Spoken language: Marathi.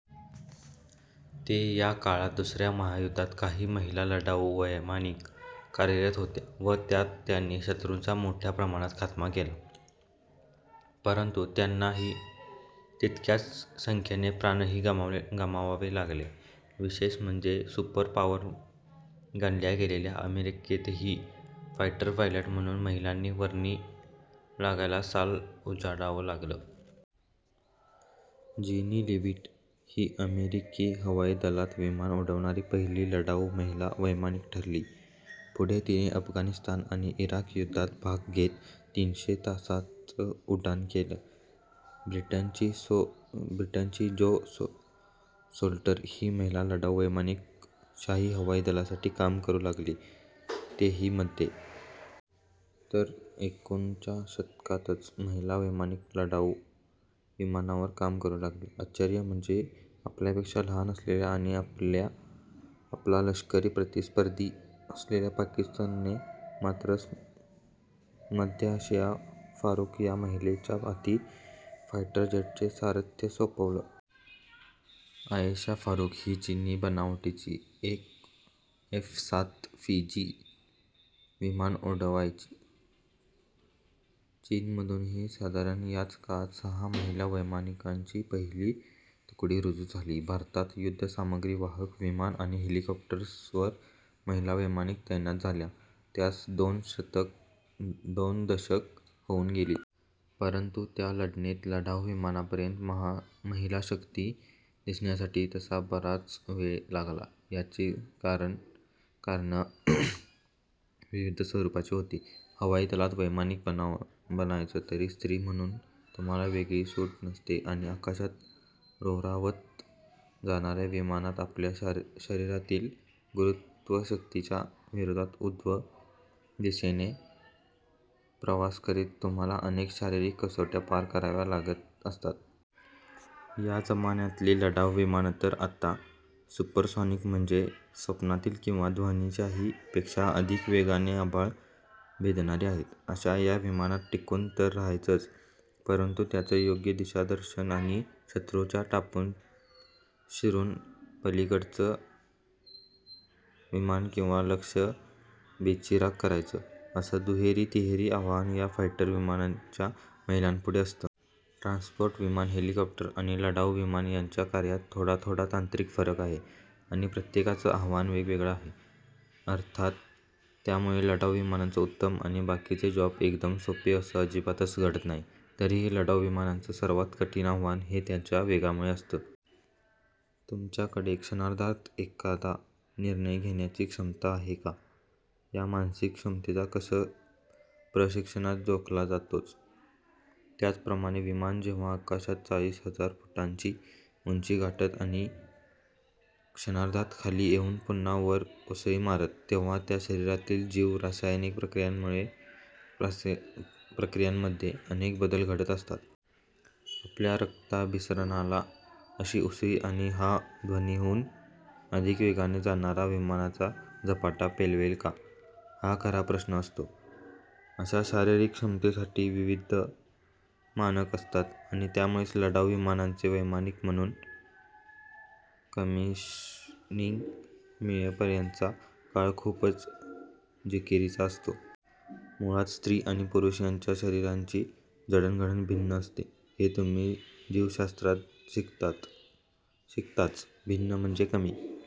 ते या काळात दुसऱ्या महायुद्धात काही महिला लढाऊ वैमानिक कार्यरत होत्या व त्यात त्यांनी शत्रूंचा मोठ्या प्रमाणात खात्मा केला. परंतु त्यांनाही तितक्याच संख्येने प्राणही गमवावे लागले. विशेष म्हणजे सुपरपॉवर गणल्या गेलेल्या अमेरिकेतही फायटर पायलट म्हणून महिलांची वर्णी लागायला साल उजाडावं लागलं. जीनी लीविट ही अमेरिकी हवाई दलात विमानं उडविणारी पहिली लढाऊ महिला वैमानिक ठरली. पुढे तिने अफगाणिस्तान आणि इराक युद्धात भाग घेत तीनशे तासांचं उड्डाण केलं. ब्रिटनची जो साल्टर ही महिला लढाऊ वैमानिक शाही हवाई दलासाठी काम करू लागली, तेही मध्ये. तर एकूणच च्या दशकातच महिला वैमानिक लढाऊ विमानांवर काम करू लागल्या. आश्चर्य म्हणजे आपल्यापेक्षा लहान असलेल्या आणि आपला लष्करी प्रतिस्पर्धी असलेल्या पाकिस्तानने मात्र मध्ये आयेशा फारुक या महिलेच्या हाती फायटर जेटचं सारथ्य सोपवलं. आयेशा फारुक ही चीनी बनावटीची एफ सात पीजी विमानं उडवायची. चीनमधूनही साधारण याच काळात सहा महिला वैमानिकांची पहिली तुकडी रुजू झाली. भारतात युद्धसामग्रीवाहक विमानं आणि हेलिकॉप्टर्सवर महिला वैमानिक तैनात झाल्या, त्यास दोन दशकं होऊन गेली. परंतु त्या तुलनेत लढाऊ विमानांपर्यंत महिलाशक्ती दिसण्यासाठी तसा बराच वेळ लागला. याची कारणं विविध स्वरूपाची होती. हवाई दलात वैमानिक बनायचं, तरी स्त्री म्हणून तुम्हाला वेगळी सूट नसते आणि आकाशात रोंरावत जाणाऱ्या विमानात आपल्या शरीरातील गुरुत्वशक्तीच्या विरोधात ऊर्ध्व दिशेने प्रवास करीत तुम्हाला अनेक शारीरिक कसोट्या पार कराव्या लागत असतात. या जमान्यातली लढाऊ विमानं तर आता सुपरसॉनिक म्हणजेच स्वनातीत किंवा ध्वनीच्याही पेक्षा अधिक वेगाने आभाळ भेदणारी आहेत. अशा या विमानात टिकून तर रहायचंच, परंतु त्यांचं योग्य दिशादर्शन आणि शत्रूच्या टापूत शिरून पलीकडचं विमान किंवा लक्ष्य बेचिराख करायचं, असं दुहेरी-तिहेरी आव्हान या फायटर विमानांच्या महिलांपुढे असतं. ट्रान्सपोर्ट विमानं, हेलिकॉप्टर आणि लढाऊ विमानं यांच्या कार्यात थोडाथोडा तांत्रिक फरक आहे आणि प्रत्येकाचं आव्हान वेगवेगळं आहे. अर्थात त्यामुळे लढाऊ विमानंच उत्तम आणि बाकीचे जॉब एकदम सोपे असं अजिबातच घडत नाही. तरीही लढाऊ विमानातलं सर्वात कठीण आव्हान हे त्यांच्या वेगामुळे असतं. तुमच्याकडे क्षणार्धात एखादा निर्णय घेण्याची क्षमता आहे का, या मानसिक क्षमतेचा कस प्रशिक्षणात जोखला जातोच. त्याचप्रमाणे विमान जेव्हा आकाशात चाळीस हजार फुटांची उंची गाठतं आणि क्षणार्धात खाली येऊन पुन्हा वर उसळी मारतं, तेव्हा आपल्या शरीरातील जीव-रासायनिक प्रक्रियांमध्ये अनेक बदल घडत असतात. आपल्या रक्ताभिसरणाला अशी उसळी आणि हा ध्वनिहून अधिक वेगाने जाणारा विमानाचा झपाटा पेलवेल का, हा खरा प्रश्न असतो. अशा शारीरिक क्षमतेसाठी विविध मानकं असतात आणि त्यामुळेच लढाऊ विमानांचे वैमानिक म्हणून कमिशनिंग मिळेपर्यंतचा काळ खूपच जिकिरीचा असतो. मुळातच स्त्री आणि पुरुष यांच्या शरीरांची जडणघडण भिन्न असते, हे तुम्ही जीवशास्त्रात शिकताच. भिन्न म्हणजे कमी